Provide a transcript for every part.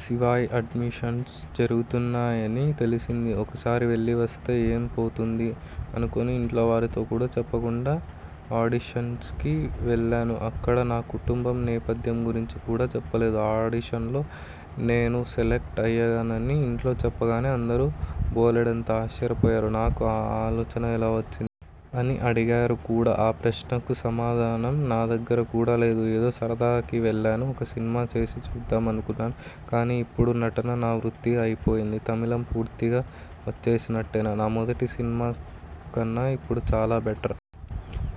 'Shivay' auditions జరుగుతున్నాయని తెలిసింది. ఒకసారి వెళ్ళి వస్తే ఏం పోతుంది అనుకుని ఇంట్లోవారితో కూడా చెప్పకుండా ఆడిషన్కి వెళ్ళాను. అక్కడ నా కుటుంబ నేపథ్యం గురించి కూడా చెప్పలేదు. ఆ ఆడిషన్లో నేను సెలక్ట్ అయ్యానని ఇంట్లో చెప్పగానే అందరూ బోలెడంత ఆశ్చర్యపోయారు. నాకు ఆ ఆలోచన ఎలా వచ్చింది? అని అడిగారు కూడా! ఆ ప్రశ్నకు సమాధానం నా దగ్గర కూడా లేదు. ఏదో సరదాకి వెళ్ళాను. ఒక సినిమా చేసి చూద్దాం అనుకున్నాను. కానీ ఇప్పుడు నటనే నా వృత్తి అయిపోయింది. తమిళం పూర్తిగా వచ్చేసినట్టేనా? నా మొదటి సినిమా కన్నా ఇప్పుడు చాలా బెటర్!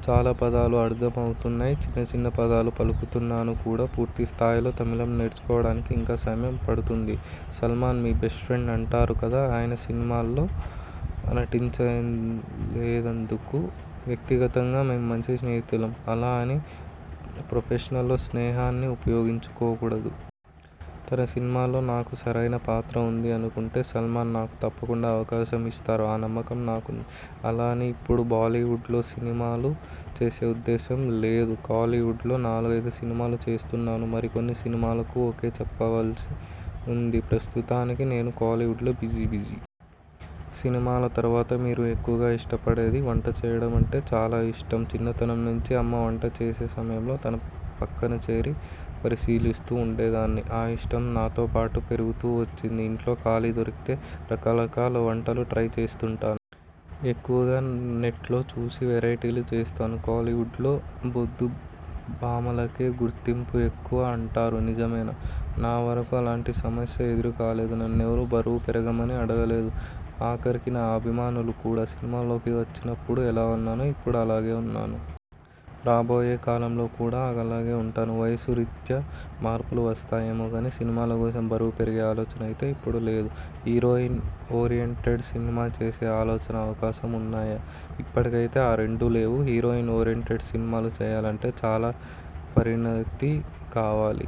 చాలా పదాలు అర్థం అవుతున్నాయి. చిన్న చిన్న పదాలు పలుకుతున్నాను కూడా! పూర్తి స్థాయిలో తమిళం నేర్చుకోవడానికి ఇంకా సమయం పడుతుంది. సల్మాన్ మీ బెస్ట్ఫ్రెండ్ అంటారు కదా? ఆయన సినిమాల్లో నటించలేదెందుకు? వ్యక్తిగతంగా మేం మంచి స్నేహితులం. అలా అని ప్రొఫెషన్లో స్నేహాన్ని ఉపయోగించుకోకూడదు. తన సినిమాలో నాకు సరైన పాత్ర ఉంది అనుకుంటే సల్మాన్ నాకు తప్పకుండా అవకాశం ఇస్తారు. ఆ నమ్మకం నాకుంది. అలా అని ఇప్పుడు బాలీవుడ్లో సినిమాలు చేసే ఉద్దేశం లేదు. కోలీవుడ్లో నాలుగైదు సినిమాలు చేస్తున్నాను. మరికొన్ని సినిమాలకు ఓకే చెప్పవలసి ఉంది. ప్రస్తుతానికి నేను కోలీవుడ్లో బిజీ బిజీ! సినిమాల తరువాత మీరు ఎక్కువగా ఇష్టపడేది? వంట చేయడం అంటే చాలా ఇష్టం. చిన్నతనం నుంచీ అమ్మ వంట చేసే సమయంలో తన పక్కనచేరి పరిశీలిస్తూ ఉండేదాన్ని. ఆ ఇష్టం నాతో పాటు పెరుగుతూ వచ్చింది. ఇంట్లో ఖాళీ దొరికితే రకరకాల వంటలు ట్రై చేస్తుంటాను. ఎక్కువగా నెట్లో చూసి వెరైటీలు చేస్తాను. కోలీవుడ్లో బొద్దు భామలకే గుర్తింపు ఎక్కువ అంటారు, నిజమేనా? నా వరకూ అలాంటి సమస్య ఎదురు కాలేదు. నన్నెవరూ బరువు పెరగమని అడగలేదు. ఆఖరికి నా అభిమానులు కూడా! సినిమాల్లోకి వచ్చినప్పుడు ఎలా ఉన్నానో ఇప్పుడూ అలాగే ఉన్నాను. రాబోయే కాలంలో కూడా అలాగే ఉంటాను. వయస్సు రీత్యా మార్పులు వస్తాయేమో కానీ, సినిమాల కోసం బరువు పెరిగే ఆలోచన అయితే ఇప్పుడు లేదు. హీరోయిన్ ఓరియెంటెడ్ సినిమా చేసే ఆలోచన, అవకాశం ఉన్నాయా? ఇప్పటికి అయితే ఆ రెండూ లేవు. హీరోయిన్ ఓరియెంటెడ్ సినిమాలు చేయాలంటే చాలా పరిణతి కావాలి.